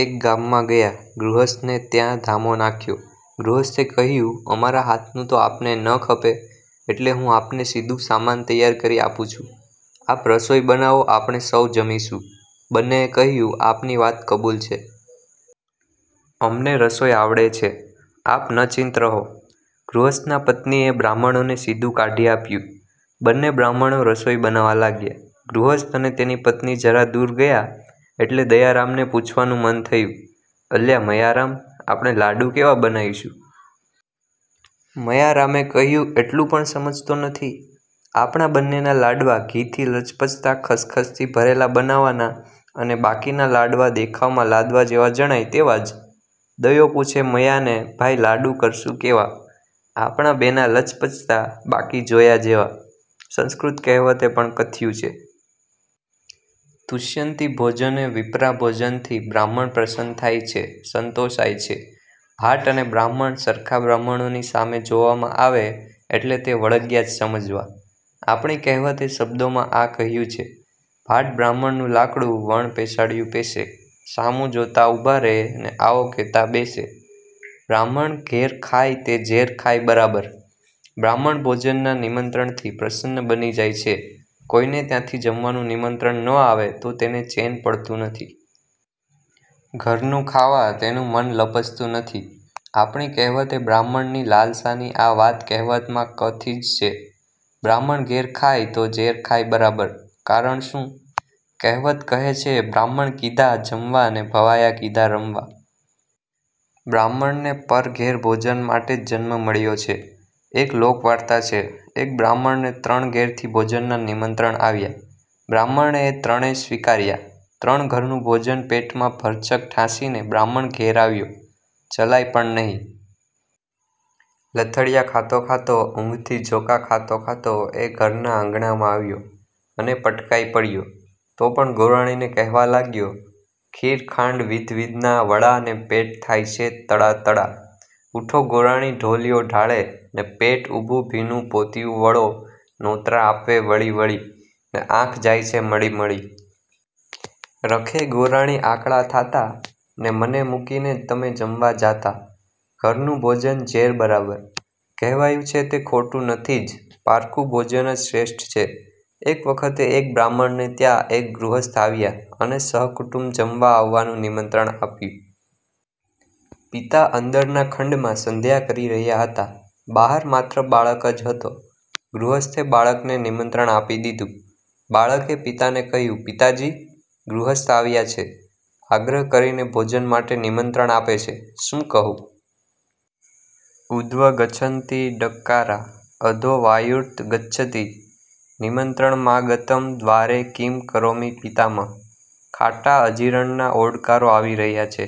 એક ગામમાં ગયા. ગૃહસ્થને ત્યાં ધામો નાખ્યો. ગૃહસ્થે કહ્યું અમારા હાથનું તો આપને ન ખપે એટલે હું આપને સીધુ સામાન તૈયાર કરી આપું છું. આપ રસોઈ બનાવો આપણે સૌ જમીશું. બન્નેએ કહ્યું 'આપની વાત કબૂલ છે. અમને રસોઈ આવડે છે. આપ નચિંત રહો. ગૃહસ્થના પત્નીએ બ્રાહ્મણોને સીધું કાઢી આપ્યું. બન્ને બ્રાહ્મણો રસોઈ બનાવવા લાગ્યા. ગૃહસ્થ અને તેની પત્ની જરા દૂર ગયાં એટલે દયારામને પૂછવાનું મન થયું અલ્યા મયારામ, આપણે લાડુ કેવા બનાવીશું? મયારામે કહ્યું એટલું પણ સમજતો નથી. આપણા બન્નેના લાડવા ઘીથી લચપચતા–ખસખસથી ભરેલા બનાવવાના અને બાકીના લાડવા દેખાવમાં લાદવા જેવા જણાય તેવા જ. દયો પૂછે મયાને ભાઈ લાડુ કરશું કેવા? આપણા બેના લચપચતા, બાકી જોયા જેવા, સંસ્કૃત કહેવતે પણ કથ્યું છે. તુષ્યન્તિ ભોજને વિપ્રા ભોજનથી બ્રાહ્મણ પ્રસન્ન થાય છે સંતોષાય છે. ભાટ અને બ્રાહ્મણ સરખા બ્રાહ્મણોની સામે જોવામાં આવે એટલે તે વળગ્યા જ સમજવા. આપણી કહેવતે શબ્દોમાં આ કહ્યું છે ભાટ બ્રાહ્મણનું લાકડું, વણ પેસાડ્યું પેસે; સામું જોતાં ઉભા રે' ને, આવો કે'તાં બેસે બ્રાહ્મણ ઘેર ખાય તે ઝેર ખાય બરાબર બ્રાહ્મણ ભોજનના નિમંત્રણથી પ્રસન્ન બની જાય છે કોઈને ત્યાંથી જમવાનું નિમંત્રણ ન આવે તો તેને ચેન પડતું નથી. ઘરનું ખાવા તેનું મન લપસતું નથી. આપણી કહેવતે બ્રાહ્મણની લાલસાની આ વાત કહેવતમાં કથી જ છે 'બ્રાહ્મણ ઘેર ખાય તો ઝેર ખાય બરાબર'કારણ શું? કહેવત કહે છે બ્રાહ્મણ કીધા જમવા ને ભવાયા કીધા રમવા. બ્રાહ્મણને પર ઘેર ભોજન માટે જ જન્મ મળ્યો છે. એક લોકવાર્તા છે. એક બ્રાહ્મણને ત્રણ ઘેરથી ભોજનના નિમંત્રણ આવ્યા. બ્રાહ્મણે એ ત્રણે સ્વીકાર્યા. ત્રણ ઘરનું ભોજન પેટમાં ભરચક ઠાંસીને બ્રાહ્મણ ઘેર આવ્યો. ચલાય પણ નહિ. લથડીયા ખાતો ખાતો ઊંઘથી ઝોકા ખાતો ખાતો એ ઘરના આંગણામાં આવ્યો અને પટકાઈ પડ્યો. તો પણ ગોરાણીને કહેવા લાગ્યો: ખીર ખાંડ વિધવિધના વડાં ને પેટ થાય છે તડાં તડાં ઊઠો ગોરાણી ઢોલીઓ ઢાળે, ને પેટ ઉપર ભીનું પોતીઉં વળો નોતરાં આપે વળી વાળી, ને આંખ જાય છે મળી મળી. રખે ગોરાણી આકળાં થાતાં, ને મને મૂકીને તમે જમવા જાતાં. 'ઘરનું ભોજન ઝેર બરાબર' કહેવાયું છે તે ખોટું નથી જ. પારકું ભોજન જ શ્રેષ્ઠ છે. એક વખતે એક બ્રાહ્મણને ત્યાં એક ગૃહસ્થ આવ્યા અને સહકુટુંબ જમવા આવવાનું નિમંત્રણ આપ્યું. પિતા અંદરના ખંડમાં સંધ્યા કરી રહ્યા હતા. બહાર માત્ર બાળક જ હતો. ગૃહસ્થે બાળકને નિમંત્રણ આપી દીધું. બાળકે પિતાને કહ્યું પિતાજી! ગૃહસ્થ આવ્યા છે. આગ્રહ કરીને ભોજન માટે નિમંત્રણ આપે છે. શું કહું? ઉધ્વ ગચ્છન્તિ ડકકારા: અધો વાયુર્ત ગચ્છતિ। નિમંત્રણમાગતં દ્વારે કિં કરોમિ પિતામહ॥ ખાટાં અજીરણના ઓડકારો આવી રહ્યાં છે.